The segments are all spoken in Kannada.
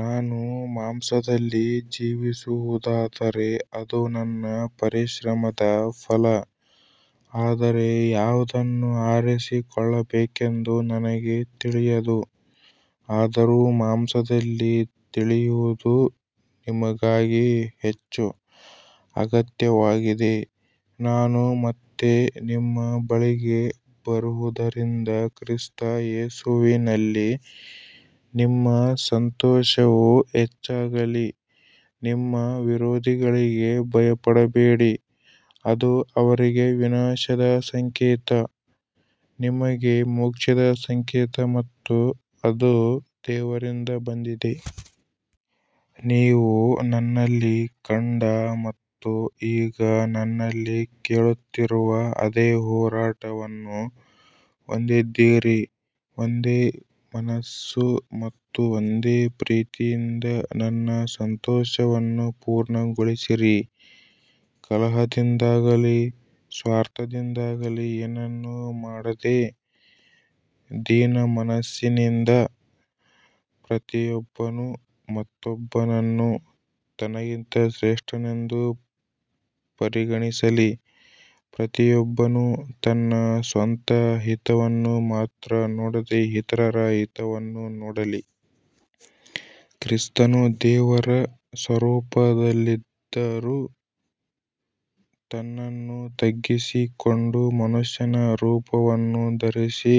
ನಾನು ಮಾಂಸದಲ್ಲಿ ಜೀವಿಸುವುದಾದರೆ ಅದು ನನ್ನ ಪರಿಶ್ರಮದ ಫಲ, ಆದರೆ ಯಾವುದನ್ನು ಆರಿಸಿಕೊಳ್ಳಬೇಕೆಂದು ನನಗೆ ತಿಳಿಯದು. ಆದರೂ ಮಾಂಸದಲ್ಲಿ ಉಳಿಯುವುದು ನಿಮಗಾಗಿ ಹೆಚ್ಚು ಅಗತ್ಯವಾಗಿದೆ. ನಾನು ಮತ್ತೆ ನಿಮ್ಮ ಬಳಿಗೆ ಬರುವುದರಿಂದ ಕ್ರಿಸ್ತ ಯೇಸುವಿನಲ್ಲಿ ನಿಮ್ಮ ಸಂತೋಷವು ಹೆಚ್ಚಾಗಲಿ. ನಿಮ್ಮ ವಿರೋಧಿಗಳಿಗೆ ಭಯಪಡಬೇಡಿ. ಅದು ಅವರಿಗೆ ವಿನಾಶದ ಸಂಕೇತ, ನಿಮಗೆ ಮೋಕ್ಷದ ಸಂಕೇತ ಮತ್ತು ಅದು ದೇವರಿಂದ ಬಂದಿದೆ. ನೀವು ನನ್ನಲ್ಲಿ ಕಂಡ ಮತ್ತು ಈಗ ನನ್ನಲ್ಲಿ ಕೇಳುತ್ತಿರುವ ಅದೇ ಹೋರಾಟವನ್ನು ಹೊಂದಿದ್ದೀರಿ. ಒಂದೇ ಮನಸ್ಸು ಮತ್ತು ಒಂದೇ ಪ್ರೀತಿಯಿಂದ ನನ್ನ ಸಂತೋಷವನ್ನು ಪೂರ್ಣಗೊಳಿಸಿರಿ. ಕಲಹದಿಂದಾಗಲಿ ಸ್ವಾರ್ಥದಿಂದಾಗಲಿ ಏನನ್ನೂ ಮಾಡದೆ, ದೀನಮನಸ್ಸಿನಿಂದ ಪ್ರತಿಯೊಬ್ಬನು ಮತ್ತೊಬ್ಬನನ್ನು ತನಗಿಂತ ಶ್ರೇಷ್ಠನೆಂದು ಪರಿಗಣಿಸಲಿ. ಪ್ರತಿಯೊಬ್ಬನು ತನ್ನ ಸ್ವಂತ ಹಿತವನ್ನು ಮಾತ್ರ ನೋಡದೆ ಇತರರ ಹಿತವನ್ನೂ ನೋಡಲಿ. ಕ್ರಿಸ್ತನು ದೇವರ ಸ್ವರೂಪದಲ್ಲಿದ್ದರೂ ತನ್ನನ್ನು ತಗ್ಗಿಸಿಕೊಂಡು ಮನುಷ್ಯನ ರೂಪವನ್ನು ಧರಿಸಿ,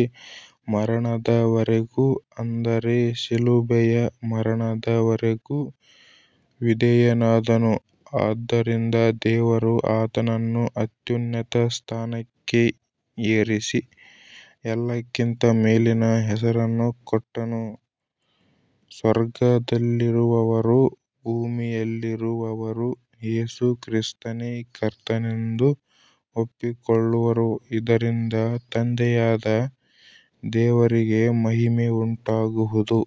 ಮರಣದವರೆಗೂ, ಅಂದರೆ ಶಿಲುಬೆಯ ಮರಣದವರೆಗೂ ವಿಧೇಯನಾದನು. ಆದ್ದರಿಂದ ದೇವರು ಆತನನ್ನು ಅತ್ಯುನ್ನತ ಸ್ಥಾನಕ್ಕೆ ಏರಿಸಿ, ಎಲ್ಲಕ್ಕಿಂತ ಮೇಲಿನ ಹೆಸರನ್ನು ಕೊಟ್ಟನು. ಸ್ವರ್ಗದಲ್ಲಿರುವವರೂ ಭೂಮಿಯಲ್ಲಿರುವವರೂ ಯೇಸು ಕ್ರಿಸ್ತನೇ ಕರ್ತನೆಂದು ಒಪ್ಪಿಕೊಳ್ಳುವರು, ಇದರಿಂದ ತಂದೆಯಾದ ದೇವರಿಗೆ ಮಹಿಮೆ ಉಂಟಾಗುವುದು.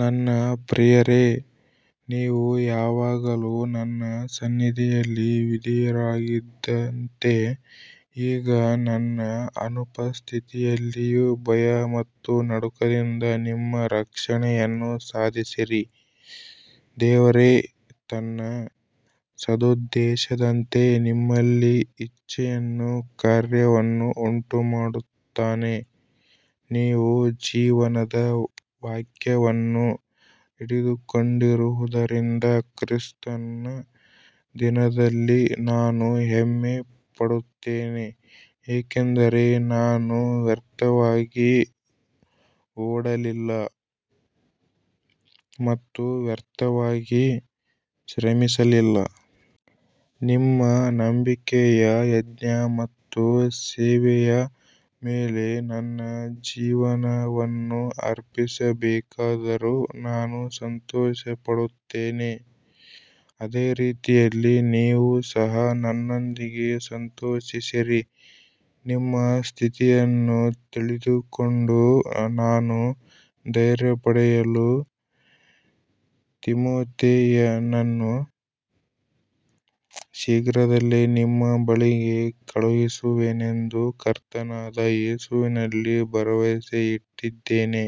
ನನ್ನ ಪ್ರಿಯರೇ, ನೀವು ಯಾವಾಗಲೂ ನನ್ನ ಸನ್ನಿಧಿಯಲ್ಲಿ ವಿಧೇಯರಾಗಿದ್ದಂತೆ ಈಗ ನನ್ನ ಅನುಪಸ್ಥಿತಿಯಲ್ಲಿಯೂ ಭಯ ಮತ್ತು ನಡುಕದಿಂದ ನಿಮ್ಮ ರಕ್ಷಣೆಯನ್ನು ಸಾಧಿಸಿರಿ. ದೇವರೇ ತನ್ನ ಸದುದ್ದೇಶದಂತೆ ನಿಮ್ಮಲ್ಲಿ ಇಚ್ಛೆಯನ್ನೂ ಕಾರ್ಯವನ್ನೂ ಉಂಟುಮಾಡುತ್ತಾನೆ. ನೀವು ಜೀವನದ ವಾಕ್ಯವನ್ನು ಹಿಡಿದುಕೊಂಡಿರುವುದರಿಂದ ಕ್ರಿಸ್ತನ ದಿನದಲ್ಲಿ ನಾನು ಹೆಮ್ಮೆಪಡುತ್ತೇನೆ, ಏಕೆಂದರೆ ನಾನು ವ್ಯರ್ಥವಾಗಿ ಓಡಲಿಲ್ಲ ಮತ್ತು ವ್ಯರ್ಥವಾಗಿ ಶ್ರಮಿಸಲಿಲ್ಲ. ನಿಮ್ಮ ನಂಬಿಕೆಯ ಯಜ್ಞ ಮತ್ತು ಸೇವೆಯ ಮೇಲೆ ನನ್ನ ಜೀವನವನ್ನು ಅರ್ಪಿಸಬೇಕಾದರೂ ನಾನು ಸಂತೋಷಪಡುತ್ತೇನೆ. ಅದೇ ರೀತಿಯಲ್ಲಿ ನೀವು ಸಹ ನನ್ನೊಂದಿಗೆ ಸಂತೋಷಿಸಿರಿ. ನಿಮ್ಮ ಸ್ಥಿತಿಯನ್ನು ತಿಳಿದುಕೊಂಡು ನಾನೂ ಧೈರ್ಯಪಡೆಯಲು ತಿಮೊಥೆಯನನ್ನು ಶೀಘ್ರದಲ್ಲೇ ನಿಮ್ಮ ಬಳಿಗೆ ಕಳುಹಿಸುವೆನೆಂದು ಕರ್ತನಾದ ಯೇಸುವಿನಲ್ಲಿ ಭರವಸೆಯಿಟ್ಟಿದ್ದೇನೆ.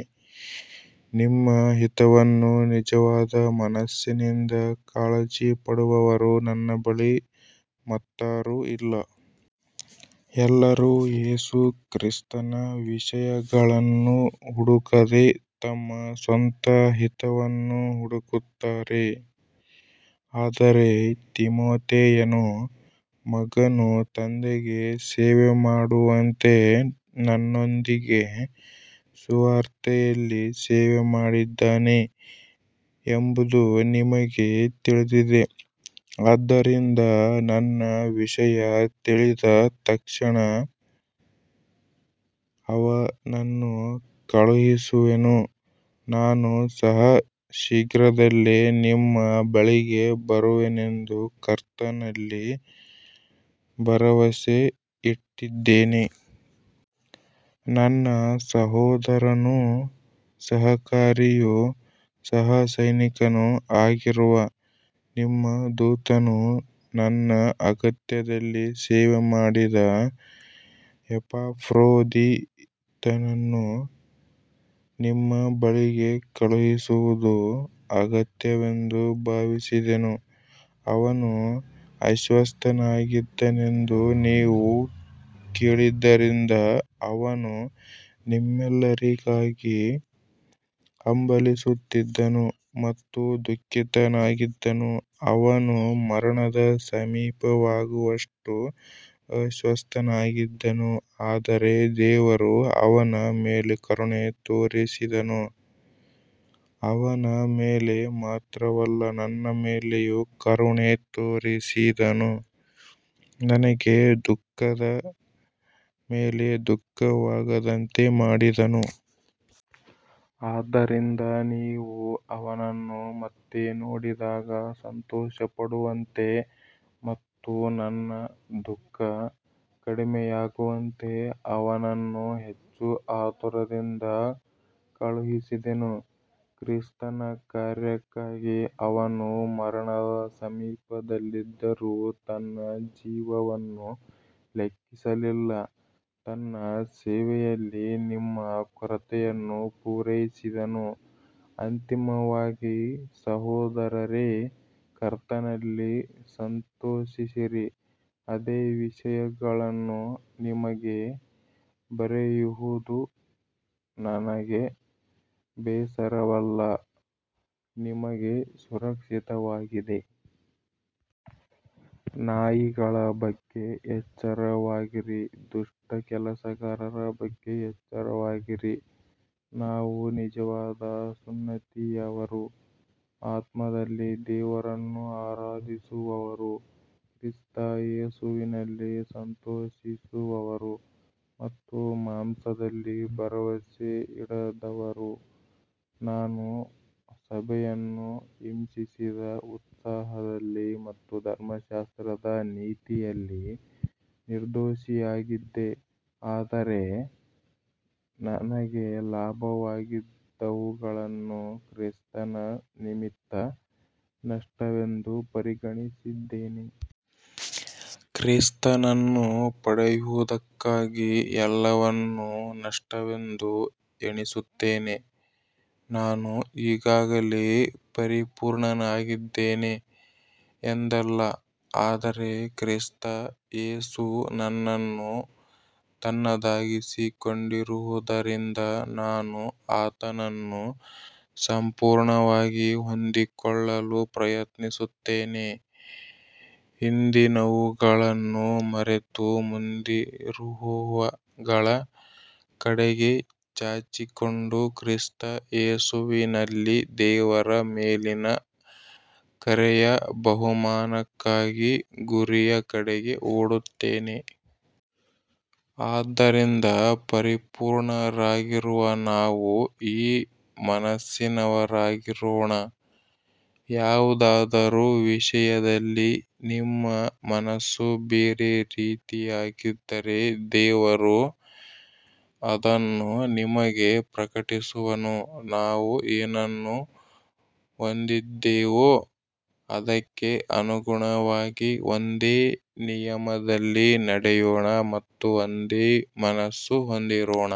ನಿಮ್ಮ ಹಿತವನ್ನು ನಿಜವಾದ ಮನಸ್ಸಿನಿಂದ ಕಾಳಜಿಪಡುವವರು ನನ್ನ ಬಳಿ ಮತ್ತಾರೂ ಇಲ್ಲ. ಎಲ್ಲರೂ ಯೇಸು ಕ್ರಿಸ್ತನ ವಿಷಯಗಳನ್ನು ಹುಡುಕದೆ ತಮ್ಮ ಸ್ವಂತ ಹಿತವನ್ನು ಹುಡುಕುತ್ತಾರೆ. ಆದರೆ ತಿಮೊಥೆಯನು ಮಗನು ತಂದೆಗೆ ಸೇವೆಮಾಡುವಂತೆ ನನ್ನೊಂದಿಗೆ ಸುವಾರ್ತೆಯಲ್ಲಿ ಸೇವೆಮಾಡಿದ್ದಾನೆ ಎಂಬುದು ನಿಮಗೆ ತಿಳಿದಿದೆ. ಆದ್ದರಿಂದ ನನ್ನ ವಿಷಯ ತಿಳಿದ ತಕ್ಷಣ ಅವನನ್ನು ಕಳುಹಿಸುವೆನು. ನಾನು ಸಹ ಶೀಘ್ರದಲ್ಲೇ ನಿಮ್ಮ ಬಳಿಗೆ ಬರುವೆನೆಂದು ಕರ್ತನಲ್ಲಿ ಭರವಸೆಯಿಟ್ಟಿದ್ದೇನೆ. ನನ್ನ ಸಹೋದರನೂ ಸಹಕಾರಿಯೂ ಸಹಸೈನಿಕನೂ ಆಗಿರುವ, ನಿಮ್ಮ ದೂತನೂ ನನ್ನ ಅಗತ್ಯದಲ್ಲಿ ಸೇವೆಮಾಡಿದ ಎಪಾಫ್ರೋದಿತನನ್ನು ನಿಮ್ಮ ಬಳಿಗೆ ಕಳುಹಿಸುವುದು ಅಗತ್ಯವೆಂದು ಭಾವಿಸಿದೆನು. ಅವನು ಅಸ್ವಸ್ಥನಾಗಿದ್ದನೆಂದು ನೀವು ಕೇಳಿದ್ದರಿಂದ ಅವನು ನಿಮ್ಮೆಲ್ಲರಿಗಾಗಿ ಹಂಬಲಿಸುತ್ತಿದ್ದನು ಮತ್ತು ದುಃಖಿತನಾಗಿದ್ದನು. ಅವನು ಮರಣದ ಸಮೀಪವಾಗುವಷ್ಟು ಅಸ್ವಸ್ಥನಾಗಿದ್ದನು. ಆದರೆ ದೇವರು ಅವನ ಮೇಲೆ ಕರುಣೆ ತೋರಿಸಿದನು, ಅವನ ಮೇಲೆ ಮಾತ್ರವಲ್ಲ ನನ್ನ ಮೇಲೆಯೂ ಕರುಣೆ ತೋರಿಸಿದನು, ನನಗೆ ದುಃಖದ ಮೇಲೆ ದುಃಖವಾಗದಂತೆ ಮಾಡಿದನು. ಆದ್ದರಿಂದ ನೀವು ಅವನನ್ನು ಮತ್ತೆ ನೋಡಿದಾಗ ಸಂತೋಷಪಡುವಂತೆ ಮತ್ತು ನನ್ನ ದುಃಖ ಕಡಿಮೆಯಾಗುವಂತೆ ಅವನನ್ನು ಹೆಚ್ಚು ಆತುರದಿಂದ ಕಳುಹಿಸಿದೆನು. ಕ್ರಿಸ್ತನ ಕಾರ್ಯಕ್ಕಾಗಿ ಅವನು ಮರಣದ ಸಮೀಪದಲ್ಲಿದ್ದರೂ ತನ್ನ ಜೀವವನ್ನು ಲೆಕ್ಕಿಸಲಿಲ್ಲ, ನನ್ನ ಸೇವೆಯಲ್ಲಿ ನಿಮ್ಮ ಕೊರತೆಯನ್ನು ಪೂರೈಸಿದನು. ಅಂತಿಮವಾಗಿ, ಸಹೋದರರೇ, ಕರ್ತನಲ್ಲಿ ಸಂತೋಷಿಸಿರಿ. ಅದೇ ವಿಷಯಗಳನ್ನು ನಿಮಗೆ ಬರೆಯುವುದು ನನಗೆ ಬೇಸರವಲ್ಲ, ನಿಮಗೆ ಸುರಕ್ಷಿತವಾಗಿದೆ. ನಾಯಿಗಳ ಬಗ್ಗೆ ಎಚ್ಚರವಾಗಿರಿ, ದುಷ್ಟ ಕೆಲಸಗಾರರ ಬಗ್ಗೆ ಎಚ್ಚರವಾಗಿರಿ. ನಾವು ನಿಜವಾದ ಸುನ್ನತಿಯವರು, ಆತ್ಮದಲ್ಲಿ ದೇವರನ್ನು ಆರಾಧಿಸುವವರು, ಕ್ರಿಸ್ತ ಯೇಸುವಿನಲ್ಲಿ ಸಂತೋಷಿಸುವವರು ಮತ್ತು ಮಾಂಸದಲ್ಲಿ ಭರವಸೆಯಿಡದವರು. ನಾನು ಸಭೆಯನ್ನು ಹಿಂಸಿಸಿದ ಉತ್ಸಾಹದಲ್ಲಿ ಮತ್ತು ಧರ್ಮಶಾಸ್ತ್ರದ ನೀತಿಯಲ್ಲಿ ನಿರ್ದೋಷಿಯಾಗಿದ್ದೆ. ಆದರೆ ನನಗೆ ಲಾಭವಾಗಿದ್ದವುಗಳನ್ನು ಕ್ರಿಸ್ತನ ನಿಮಿತ್ತ ನಷ್ಟವೆಂದು ಎಣಿಸಿದ್ದೇನೆ. ಕ್ರಿಸ್ತನನ್ನು ಪಡೆಯುವುದಕ್ಕಾಗಿ ಎಲ್ಲವನ್ನೂ ನಷ್ಟವೆಂದು ಎಣಿಸುತ್ತೇನೆ. ನಾನು ಈಗಾಗಲೇ ಪರಿಪೂರ್ಣನಾಗಿದ್ದೇನೆ ಎಂದಲ್ಲ, ಆದರೆ ಕ್ರಿಸ್ತ ಯೇಸು ನನ್ನನ್ನು ತನ್ನದಾಗಿಸಿಕೊಂಡಿರುವುದರಿಂದ ನಾನು ಆತನನ್ನು ಸಂಪೂರ್ಣವಾಗಿ ಹೊಂದಿಕೊಳ್ಳಲು ಪ್ರಯತ್ನಿಸುತ್ತೇನೆ. ಹಿಂದಿನವುಗಳನ್ನು ಮರೆತು ಮುಂದಿರುವವುಗಳ ಕಡೆಗೆ ಚಾಚಿಕೊಂಡು, ಕ್ರಿಸ್ತ ಯೇಸುವಿನಲ್ಲಿ ದೇವರ ಮೇಲಿನ ಕರೆಯ ಬಹುಮಾನಕ್ಕಾಗಿ ಗುರಿಯ ಕಡೆಗೆ ಓಡುತ್ತೇನೆ. ಆದ್ದರಿಂದ ಪರಿಪೂರ್ಣರಾಗಿರುವ ನಾವು ಈ ಮನಸ್ಸಿನವರಾಗಿರೋಣ. ಯಾವುದಾದರೂ ವಿಷಯದಲ್ಲಿ ನಿಮ್ಮ ಮನಸ್ಸು ಬೇರೆ ರೀತಿಯಾಗಿದ್ದರೆ ದೇವರು ಅದನ್ನೂ ನಿಮಗೆ ಪ್ರಕಟಿಸುವನು. ನಾವು ಏನನ್ನು ಹೊಂದಿದ್ದೇವೋ ಅದಕ್ಕೆ ಅನುಗುಣವಾಗಿ ಒಂದೇ ನಿಯಮದಲ್ಲಿ ನಡೆಯೋಣ ಮತ್ತು ಒಂದೇ ಮನಸ್ಸು ಹೊಂದಿರೋಣ.